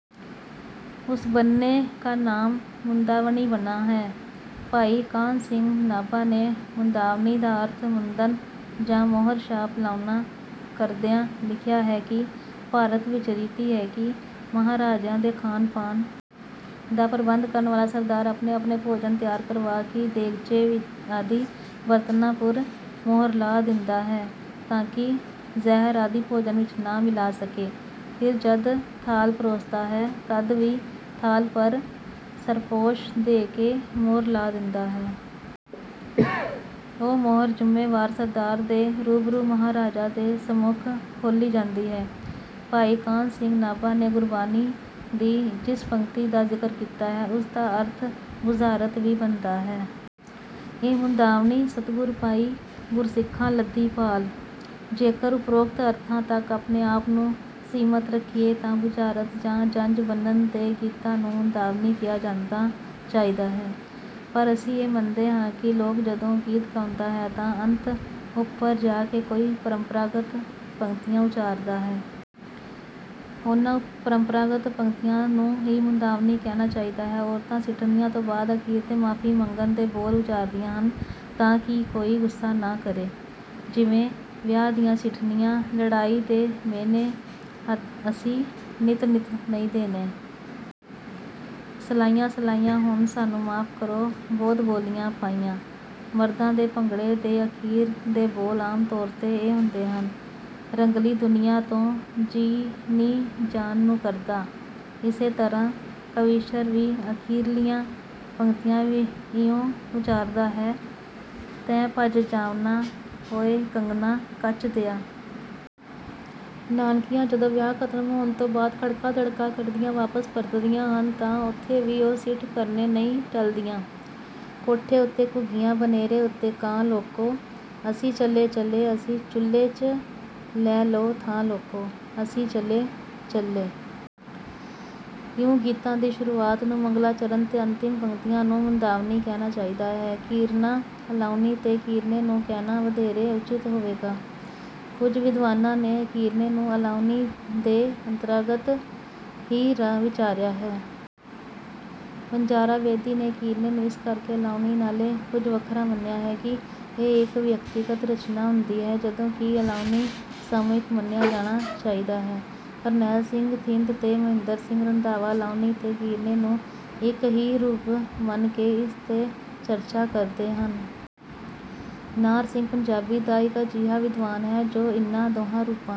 ਉਸ ਬੰਨਣੇ ਕਾ ਨਾਮ ਮੁੰਦਾਵਣੀ ਬਨਾ ਹੈ। "ਭਾਈ ਕਾਹਨ ਸਿੰਘ ਨਾਭਾ ਨੇ ਮੁੰਦਾਵਣੀ ਦਾ ਅਰਥ ਮੁੰਦਣ ਜਾਂ ਮੋਹਰ ਛਾਪ ਲਾਉਣਾ ਕਰਦਿਆ ਲਿਖਿਆ ਹੈ ਕਿ, "ਭਾਰਤ ਵਿਚ ਰੀਤੀ ਹੈ ਕਿ ਮਹਾਰਾਜਿਆਂ ਦੇ ਖਾਣ ਪਾਨ ਦਾ ਪ੍ਰਬੰਧ ਕਰਨ ਵਾਲਾ ਸਰਦਾਰ ਆਪਣੇ ਆਪਣੇ ਭੋਜਨ ਤਿਆਰ ਕਰਵਾ ਕਿ ਦੇਗਚੇ ਆਦਿ ਬਰਤਨਾਂ ਪੁਰ ਮੋਹਰ ਲਾ ਦਿੰਦਾ ਹੈ ਤਾਂ ਕਿ ਜ਼ਹਿਰ ਆਦਿ ਭੋਜਨ ਵਿੱਚ ਨਾ ਮਿਲਾ ਸਕੇ, ਫਿਰ ਜਦ ਥਾਲ ਪਰੋਸਦਾ ਹੈ ਤਦ ਵੀ ਥਾਲ ਪਰ ਸਰਪੋਸ਼ ਦੇ ਕੇ ਮੋਹਰ ਲਾ ਦਿੰਦਾ ਹੈ। ਉਹ ਮੋਹਰ ਜੁੰਮੇਵਾਰ ਸਰਦਾਰ ਦੇ ਰੂਬਰੂ ਮਹਾਰਾਜਾ ਦੇ ਸੰਮੁਖ ਖੋਲ੍ਹੀ ਜਾਂਦੀ ਹੈ। " ਭਾਈ ਕਾਹਨ ਸਿੰਘ ਨਾਭਾ ਨੇ ਗੁਰਬਾਣੀ ਦੀ ਜਿਸ ਪੰਗਤੀ ਦਾ ਜ਼ਿਕਰ ਕੀਤਾ ਹੈ ਉਸ ਦਾ ਅਰਥ ਬੁਝਾਰਤ ਵੀ ਬਣਦਾ ਹੈ। 'ਇਹ ਮੁੰਦਾਵਣੀ ਸਤਿਗੁਰ ਪਾਈ, ਗੁਰਸਿੱਖਾਂ ਲੱਧੀ ਭਾਲਿ"। ਜੇਕਰ ਉਪਰੋਕਤ ਅਰਥਾਂ ਤੱਕ ਆਪਣੇ ਆਪ ਨੂੰ ਸੀਮਤ ਰੱਖੀਏ ਤਾਂ ਬੁਝਾਰਤ ਜਾਂ ਜੰਜ ਬੰਨ੍ਹਣ ਦੇ ਗੀਤਾਂ ਨੂੰ ਮੁੰਦਾਵਣੀ ਕਿਹਾ ਜਾਂਦਾ ਚਾਹੀਦਾ ਹੈ। ਪਰ ਅਸੀਂ ਇਹ ਮੰਨਦੇ ਹਾਂ ਕਿ 'ਲੋਕ' ਜਦੋਂ ਗੀਤ ਗਾਉਂਦਾ ਹੈ ਤਾਂ ਅੰਤ ਉਪਰ ਜਾ ਕੇ ਕੋਈ ਪਰੰਪਰਾਗਤ ਪੰਗਤੀਆਂ ਉਚਾਰਦਾ ਹੈ। ਉਨ੍ਹਾਂ ਪਰੰਪਰਾਗਤ ਪੰਗਤੀਆਂ ਨੂੰ ਹੀ ਮੁੰਦਾਵਣੀ ਕਹਿਣਾ ਚਾਹੀਦਾ ਹੈ। ਔਰਤਾਂ ਸਿੱਠਣੀਆਂ ਤੋਂ ਬਾਦ ਅਖੀਰ ਤੇ ਮਾਫ਼ੀ ਮੰਗਣ ਦੇ ਬੋਲ ਉਚਾਰਦੀਆਂ ਹਨ ਤਾਂ ਕਿ ਕੋਈ ਗੁੱਸਾ ਨਾ ਕਰੇ। ਜਿਵੇਂ, -ਵਿਆਹ ਦੀਆਂ ਸਿੱਠਣੀਆਂ, ਲੜਾਈ ਦੇ ਮਿਹਣੇ ਅਸੀਂ ਨਿੱਤ ਨਿੱਤ ਨਹੀਂ ਦੇਣੇ। ਸਲਾਈਆਂ ਸਲਾਈਆਂ, ਹੁਣ ਸਾਨੂੰ ਮਾਫ ਕਰੋ ਬਹੁਤ ਬੋਲੀਆਂ ਪਾਈਆਂ ਮਰਦਾਂ ਦੇ ਭੰਗੜੇ ਦੇ ਅਖੀਰ ਦੇ ਬੋਲ ਆਮ ਤੌਰ ਤੇ ਇਹ ਹੁੰਦੇ ਹਨ; -ਰੰਗਲੀ ਦੁਨੀਆਂ ਤੋਂ ਜੀਅ ਨੀ ਜਾਣ ਨੂੰ ਕਰਦਾ। ਇਸੇ ਤਰ੍ਹਾ ਕਵੀਸ਼ਰ ਵੀ ਅਖੀਰਲੀਆਂ ਪੰਗਤੀਆਂ ਇਉਂ ਉਚਾਰਦਾ ਹੈ; ਤੈਂ ਭੱਜ ਜਾਵਣਾ ਉਏ ਕੰਗਣਾ ਕੱਚ ਦਿਆ। ਨਾਨਕੀਆਂ ਜਦੋਂ ਵਿਆਹ ਖਤਮ ਹੋਣ ਤੋਂ ਬਾਦ ਖੜਕਾ-ਦੜਕਾ ਕਰਦੀਆਂ ਵਾਪਸ ਪਰਤਦੀਆਂ ਹਨ ਤਾਂ ਉੱਥੇ ਵੀ ਉਹ ਸਿੱਠ ਕਰਨੋਂ ਨਹੀਂ ਟਲਦੀਆਂ; -ਕੋਠੇ ਉੱਤੇ ਘੁੱਗੀਆਂ ਬਨੇਰੇ ਉੱਤੇ ਕਾਂ ਲੋਕੋ, ਅਸੀਂ ਚੱਲੇ ਚੱਲੇ ਅਸੀਂ ਚੁੱਲੇ 'ਚ ਲੈ ਲਓ ਥਾਂ ਲੋਕੋ, ਅਸੀਂ ਚੱਲੇ ਚੱਲੇ। ਇਉਂ ਗੀਤਾਂ ਦੀ ਸ਼ੁਰੂਆਤ ਨੂੰ ਮੰਗਲਾਚਰਨ ਤੇ ਅੰਤਿਮ ਪੰਗਤੀਆਂ ਨੂੰ ਮੁੰਦਾਵਣੀ ਕਹਿਣਾ ਚਾਹੀਦਾ ਹੈ। ਕੀਰਨਾ ਅਲਾਹੁਣੀ ਤੇ ਕੀਰਨੇ ਨੂੰ ਕਹਿਣਾ ਵਧੇਰੇ ਉੱਚਿਤ ਹੋਵੇਗਾ। ਕੁਝ ਵਿਦਵਾਨਾਂ ਨੇ ਕੀਰਨੇ ਨੂੰ ਅਲਾਹੁਣੀ ਦੇ ਅੰਤਰਾਗਤ ਹੀ ਵਿਚਾਰਿਆ ਹੈ। ਵਣਜਾਰਾ ਬੇਦੀ ਨੇ ਕੀਰਨੇ ਨੂੰ ਇਸ ਕਰਕੇ ਅਲਾਹੁਣੀ ਨਾਲੋ ਕੁਝ ਵੱਖਰਾ ਮੰਨਿਆ ਹੈ ਕਿ ਇਹ ਇੱਕ ਵਿਅਕਤੀਗਤ ਰਚਨਾ ਹੁੰਦੀ ਹੈ ਜਦੋਂ ਕਿ ਅਲਾਹੁਣੀ ਸਾਮੂਹਿਕ ਮੰਨਿਆਂ ਜਾਣਾ ਚਾਹੀਦਾ ਹੈ। ਕਰਨੈਲ ਸਿੰਘ ਥਿੰਦ ਤੇ ਮਹਿੰਦਰ ਸਿੰਘ ਰੰਧਾਵਾ ਅਲਾਹੁਣੀ ਤੇ ਕੀਰਨੇ ਨੂੰ ਇਕ ਹੀ ਰੂਪ ਮੰਨ ਕੇ ਇਸ ਤੇ ਚਰਚਾ ਕਰਦੇ ਹਨ। ਨਾਹਰ ਸਿੰਘ ਪੰਜਾਬੀ ਦਾ ਇੱਕ ਅਜਿਹਾ ਵਿਦਵਾਨ ਹੈ ਜੋ ਇਨ੍ਹਾਂ ਦੋਹਾਂ ਰੂਪਾਂ